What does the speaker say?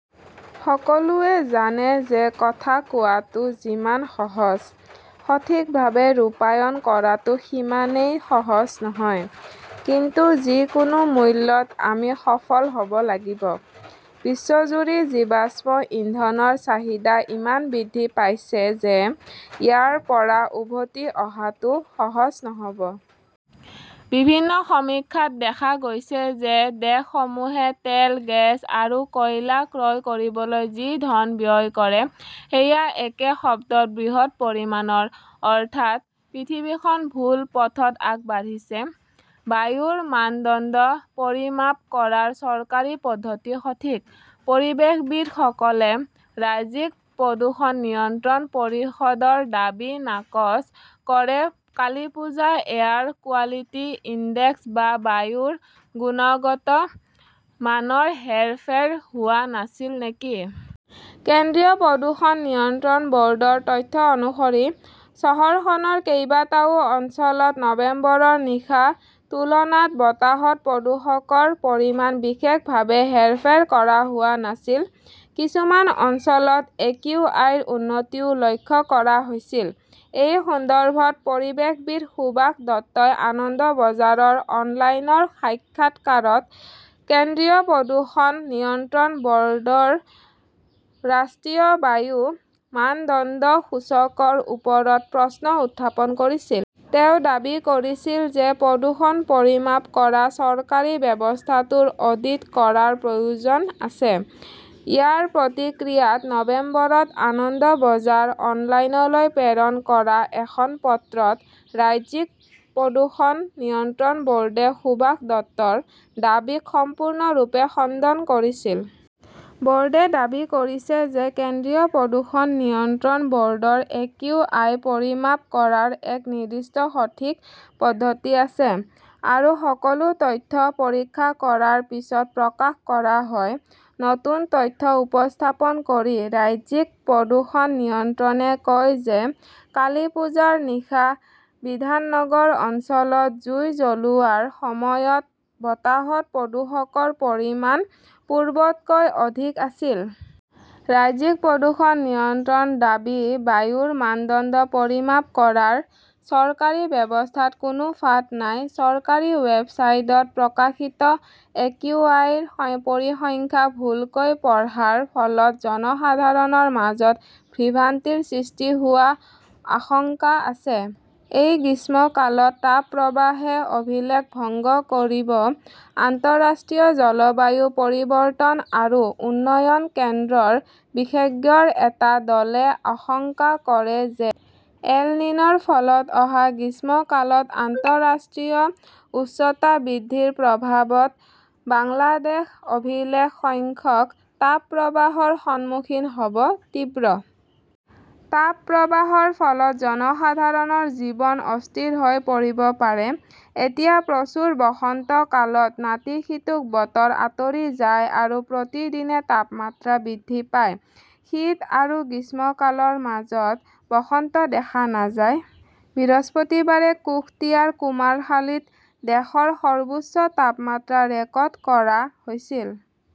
সকলোৱে জানে যে কথা কোৱাটো যিমান সহজ, সঠিকভাৱে ৰূপায়ণ কৰাটো সিমানেই সহজ নহয়। কিন্তু যিকোনো মূল্যত আমি সফল হ'ব লাগিব। বিশ্বজুৰি জীৱাশ্ম ইন্ধনৰ চাহিদা ইমান বৃদ্ধি পাইছে যে ইয়াৰ পৰা উভতি অহাটো সহজ নহ'ব। বিভিন্ন সমীক্ষাত দেখা গৈছে যে দেশসমূহে তেল, গেছ আৰু কয়লা ক্ৰয় কৰিবলৈ যি ধন ব্যয় কৰে সেয়া একে শব্দত 'বৃহৎ পৰিমাণৰ'। অৰ্থাৎ, পৃথিৱীখন ভুল পথত আগবাঢ়িছে। বায়ুৰ মানদণ্ড পৰিমাপ কৰাৰ চৰকাৰী পদ্ধতি সঠিক, পৰিৱেশবিদসকলে ৰাজ্যিক প্ৰদূষণ নিয়ন্ত্ৰণ পৰিষদৰ দাবী নাকচ কৰে কালিপূজা এয়াৰ কোৱালিটি ইনডেক্স বা বায়ুৰ গুণগত মানৰ হেৰফেৰ হোৱা নাছিল নেকি? কেন্দ্ৰীয় প্ৰদূষণ নিয়ন্ত্ৰণ বৰ্ডৰ তথ্য অনুসৰি, চহৰখনৰ কেইবাটাও অঞ্চলত নৱেম্বৰৰ নিশা তুলনাত বতাহত প্ৰদূষকৰ পৰিমাণ বিশেষভাৱে হেৰফেৰ কৰা হোৱা নাছিল। কিছুমান অঞ্চলত একিউআইৰ উন্নতিও লক্ষ্য কৰা হৈছিল। এই সন্দৰ্ভত পৰিৱেশবিদ সুভাষ দত্তই আনন্দবজাৰৰ অনলাইনৰ সাক্ষাৎকাৰত কেন্দ্ৰীয় প্ৰদূষণ নিয়ন্ত্ৰণ বৰ্ডৰ ৰাষ্ট্ৰীয় বায়ু মানদণ্ড সূচকৰ ওপৰত প্ৰশ্ন উত্থাপন কৰিছিল। তেওঁ দাবী কৰিছিল যে প্ৰদূষণ পৰিমাপ কৰা চৰকাৰী ব্যৱস্থাটোৰ অডিট কৰাৰ প্ৰয়োজন আছে। ইয়াৰ প্ৰতিক্ৰিয়াত নৱেম্বৰত আনন্দ বজাৰ অনলাইনলৈ প্ৰেৰণ কৰা এখন পত্ৰত ৰাজ্যিক প্ৰদূষণ নিয়ন্ত্ৰণ বৰ্ডে সুভাষ দত্তৰ দাবীক সম্পূৰ্ণৰূপে খণ্ডন কৰিছিল। বৰ্ডে দাবী কৰিছে যে কেন্দ্ৰীয় প্ৰদূষণ নিয়ন্ত্ৰণ বৰ্ডৰ একিউআই পৰিমাপ কৰাৰ এক নিৰ্দিষ্ট সঠিক পদ্ধতি আছে আৰু সকলো তথ্য পৰীক্ষা কৰাৰ পিছত প্ৰকাশ কৰা হয়। নতুন তথ্য উপস্থাপন কৰি ৰাজ্যিক প্ৰদূষণ নিয়ন্ত্ৰণে কয় যে কালিপূজাৰ নিশা বিধাননগৰ অঞ্চলত জুই জ্বলোৱাৰ সময়ত বতাহত প্ৰদূষকৰ পৰিমাণ পূৰ্বতকৈ অধিক আছিল। ৰাজ্যিক প্ৰদূষণ নিয়ন্ত্ৰণ দাবী, বায়ুৰ মানদণ্ড পৰিমাপ কৰাৰ চৰকাৰী ব্যৱস্থাত কোনো ফাঁদ নাই, চৰকাৰী ৱেবছাইটত প্ৰকাশিত একিউআইৰ পৰিসংখ্যা ভুলকৈ পঢ়াৰ ফলত জনসাধাৰণৰ মাজত বিভ্ৰান্তিৰ সৃষ্টি হোৱাৰ আশংকা আছে। এই গ্ৰীষ্মকালত তাপপ্ৰবাহে অভিলেখ ভংগ কৰিব আন্তঃৰাষ্ট্ৰীয় জলবায়ু পৰিৱৰ্তন আৰু উন্নয়ন কেন্দ্ৰৰ বিশেজ্ঞৰ এটা দলে আশংকা কৰিছে যে এল-নিন'ৰ ফলত অহা গ্ৰীষ্মকালত আন্তঃৰাষ্ট্ৰীয় উষ্ণতা বৃদ্ধিৰ প্ৰভাৱত বাংলাদেশ অভিলেখ সংখ্যক তাপপ্ৰবাহৰ সন্মুখীন হ'ব। তীব্ৰ তাপপ্ৰবাহৰ ফলত জনসাধাৰণৰ জীৱন অস্থিৰ হৈ পৰিব পাৰে। এতিয়া প্ৰচুৰ বসন্তকালত নাতিশীতোষ্ণ বতৰ আঁতৰি যায় আৰু প্ৰতিদিনে তাপমাত্ৰা বৃদ্ধি পায়। শীত আৰু গ্ৰীষ্মকালৰ মাজত বসন্ত দেখা নাযায়। বৃহস্পতিবাৰে কুশটিয়াৰ কুমাৰখালীত দেশৰ সৰ্বোচ্চ তাপমাত্ৰা ৰেকৰ্ড কৰা হৈছিল।